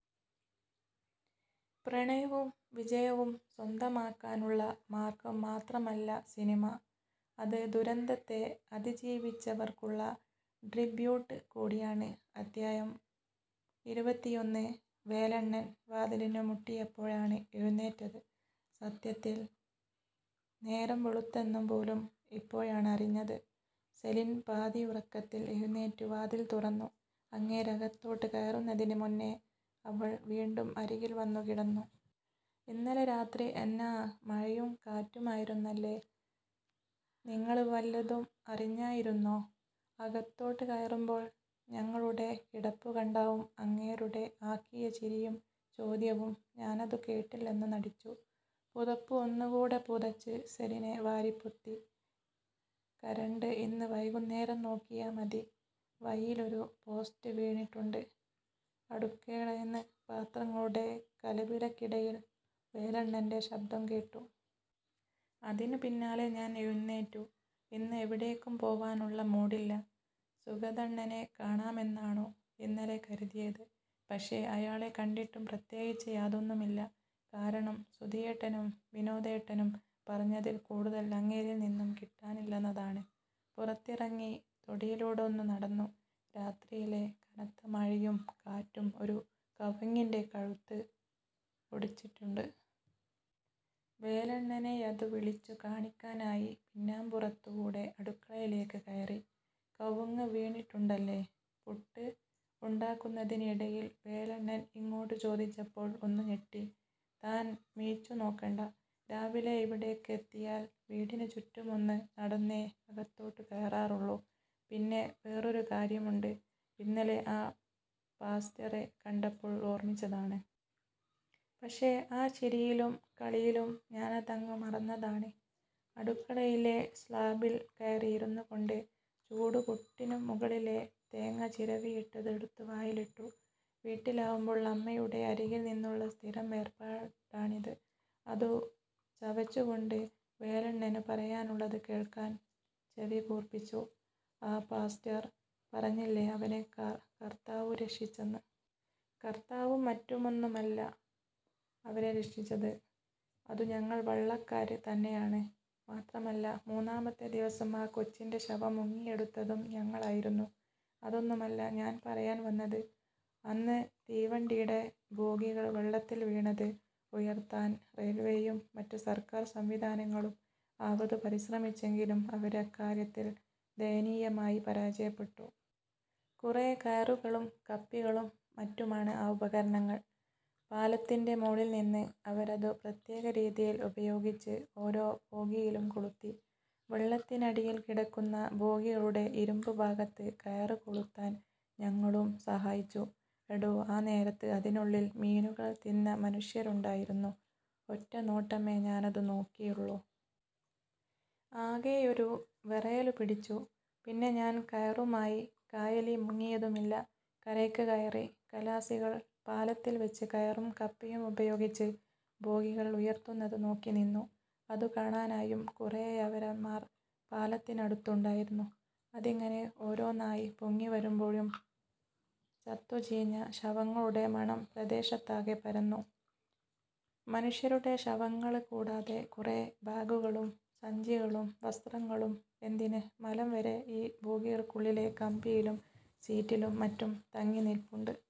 പ്രണയവും വിജയവും സ്വന്തമാക്കാനുള്ള മാർഗം മാത്രമല്ല സിനിമ; അത് ദുരന്തത്തെ അതിജീവിച്ചവർക്കുള്ള ട്രിബ്യൂട്ട് കൂടിയാണ് അധ്യായം: ഇരുപത്തിയൊന്ന് വേലണ്ണൻ വാതിലിനു മുട്ടിയപ്പോഴാണ് എഴുന്നേറ്റത്. സത്യത്തിൽ നേരം വെളുത്തെന്നു പോലും ഇപ്പോഴാണ് അറിഞ്ഞത്. സെലിൻ പാതിയുറക്കത്തിൽ എഴുന്നേറ്റു വാതിൽ തുറന്നു, അങ്ങേര് അകത്തോട്ട് കയറുന്നതിനു മുന്നെ അവൾ വീണ്ടും അരികിൽവന്നു കിടന്നു. "ഇന്നലെ രാത്രി എന്നാ മഴയുംകാറ്റുമായിരുന്നല്ലേ? നിങ്ങള് വല്ലതും അറിഞായിരുന്നോ? അകത്തോട്ടു കയറുമ്പോൾ ഞങ്ങളുടെ കിടപ്പുകണ്ടാവും അങ്ങേരുടെ ആക്കിയ ചിരിയും ചോദ്യവും ഞാനതു കേട്ടില്ലെന്നു നടിച്ചു. പുതപ്പ് ഒന്നുകൂടെ പുതച്ച് സെലിനെ വാരിപ്പൊത്തി. "കരണ്ട് ഇന്ന് വൈകുന്നേരം നോക്കിയാ മതി. വഴീലൊരു പോസ്റ്റ് വീണിട്ടുണ്ട്" അടുക്കേളേന്ന് പാത്രങ്ങളുടെ കലപിലക്കിടയിൽ വേലണ്ണന്റെ ശബ്ദം കേട്ടു. അതിനു പിന്നാലെ ഞാൻ എഴുന്നേറ്റു. ഇന്ന് എവിടേക്കും പോവാനുള്ള മൂഡില്ല. സുഗതണ്ണനെ കാണാമെന്നാണു ഇന്നലെ കരുതിയത്. പക്ഷേ. അയാളെ കണ്ടിട്ടും പ്രത്യേകിച്ച് യാതൊന്നുമില്ല. കാരണം, സുധിയേട്ടനും വിനോദേട്ടനും പറഞ്ഞതിൽ കൂടുതൽ അങ്ങേരിൽ നിന്നും കിട്ടാനില്ലെന്നതാണ്. പുറത്തിറങ്ങി തൊടിയിലൂടൊന്നു നടന്നു. രാത്രിയിലെ കനത്ത മഴയും കാറ്റും ഒരു കവുങ്ങിന്റ കഴുത്ത് ഒടിച്ചിട്ടിട്ടുണ്ട്. വേലണ്ണനെയതു വിളിച്ചു കാണിക്കാനായി പിന്നാമ്പുറത്തു കൂടെ അടുക്കളയിലേക്ക് കയറി. "കവുങ്ങ് വീണിട്ടുണ്ടല്ലേ? " പുട്ട് ഉണ്ടാക്കുന്നതിന് ഇടയിൽ വേലണ്ണൻ ഇങ്ങോട്ടു ചോദിച്ചപ്പോൾ ഒന്നു ഞെട്ടി. "താൻ മിഴിച്ചുനോക്കണ്ട. രാവിലെ ഇവിടേക്ക് എത്തിയാല് വീടിനു ചുറ്റുമൊന്നു നടന്നേ അകത്തോട്ടു കയറാറുള്ളൂ. പിന്നെ വേറൊരു കാര്യമുണ്ട്. ഇന്നലെ ആ പാസ്റ്ററെ കണ്ടപ്പോൾ ഓർമിച്ചതാണ്. പക്ഷേ, ആ ചിരിയിലും കളിയിലും ഞാനതങ്ങു മറന്നതാണ്" അടുക്കളയിലെ സ്ലാബിൽ കയറി ഇരുന്നുകൊണ്ട്, ചൂടു പുട്ടിനു മുകളിലെ തേങ്ങ ചിരവിയിട്ടത് എടുത്ത് വായിലിട്ടു. വീട്ടിലാവുമ്പോൾ അമ്മയുടെ അരികിൽ നിന്നുള്ള സ്ഥിരം ഏർപ്പാടാണിത്. അതു ചവച്ചുകൊണ്ട് വേലണ്ണനു പറയാനുള്ളതു കേൾക്കാൻ ചെവികൂർപ്പിച്ചു. "ആ പാസ്റ്റർ പറഞ്ഞില്ലേ അവനെ കർത്താവു രക്ഷിച്ചെന്ന്. കർത്താവും മറ്റുമൊന്നുമല്ല അവരെ രരക്ഷിച്ചത്. അതു ഞങ്ങൾ വള്ളക്കാര് തന്നെയാണ്. മാത്രമല്ല, മൂന്നാമത്തെ ദിവസം ആ കൊച്ചിന്റെ ശവം മുങ്ങിയെടുത്തതും ഞങ്ങളായിരുന്നു. അതൊന്നുമല്ല ഞാൻ പറയാൻ വന്നത്. അന്ന് തീവണ്ടീടെ ബോഗികൾ വെള്ളത്തിൽ വീണത് ഉയർത്താൻ റെയിൽവേയും മറ്റു സർക്കാർ സംവിധാനങ്ങളും ആവതു പരിശ്രമിച്ചെങ്കിലും അവര് അക്കാര്യത്തിൽ ദയനീയമായി പരാജയപ്പെട്ടു. കുറേ കയറുകളും കപ്പികളും മറ്റുമാണ് ആ ഉപകരണങ്ങൾ. പാലത്തിന്റെ മോളിൽ നിന്ന്, അവരതു പ്രത്യേകരീതിയിൽ ഉപയോഗിച്ച് ഓരോ ബോഗിയിലും കൊളുത്തി. വെള്ളത്തിനടിയിൽ കിടക്കുന്ന ബോഗികളുടെ ഇരുമ്പു ഭാഗത്ത് കയറ് കൊളുത്താൻ ഞങ്ങളുും സഹായിച്ചു. എടോ ആ നേരത്ത്, അതിനുള്ളിൽ മീനുകള് തിന്ന മനുഷ്യരുണ്ടായിരുന്നു. ഒറ്റനോട്ടമേ ഞാനതു നോക്കിയുള്ളൂ. ആകെയൊരു വെറയലുപിടിച്ചു. പിന്നെ ഞാൻ കയറുമായി കായലീ മുങ്ങിയതുമില്ല. കരയ്ക് കയറി, ഖലാസികള് പാലത്തിൽവെച്ച് കയറും കപ്പിയും ഉപയോഗിച്ച് ബോഗികൾ ഉയർത്തുന്നതു നോക്കി ഇരുന്നു. അതുകാണാനായും കുറേയവന്മാര് പാലത്തിനടുത്ത് ഉണ്ടായിരുന്നു. അതിങ്ങനെ ഓരോന്നായി പൊങ്ങിവരുമ്പോഴും ചത്തു ചീഞ്ഞ ശവങ്ങളുടെ മണം പ്രദേശത്താകെ പരന്നു. മനുഷ്യരുടെ ശവങ്ങള് കൂടാതെ കുറേ ബാഗുകളും സഞ്ചികളും വസ്ത്രങ്ങളും എ ന്തിനു മലം വരെ ഈ ബോഗികൾക്കുള്ളിലെ കമ്പിയിലും സീറ്റിലും മറ്റും തങ്ങി നിൽപ്പുണ്ട്.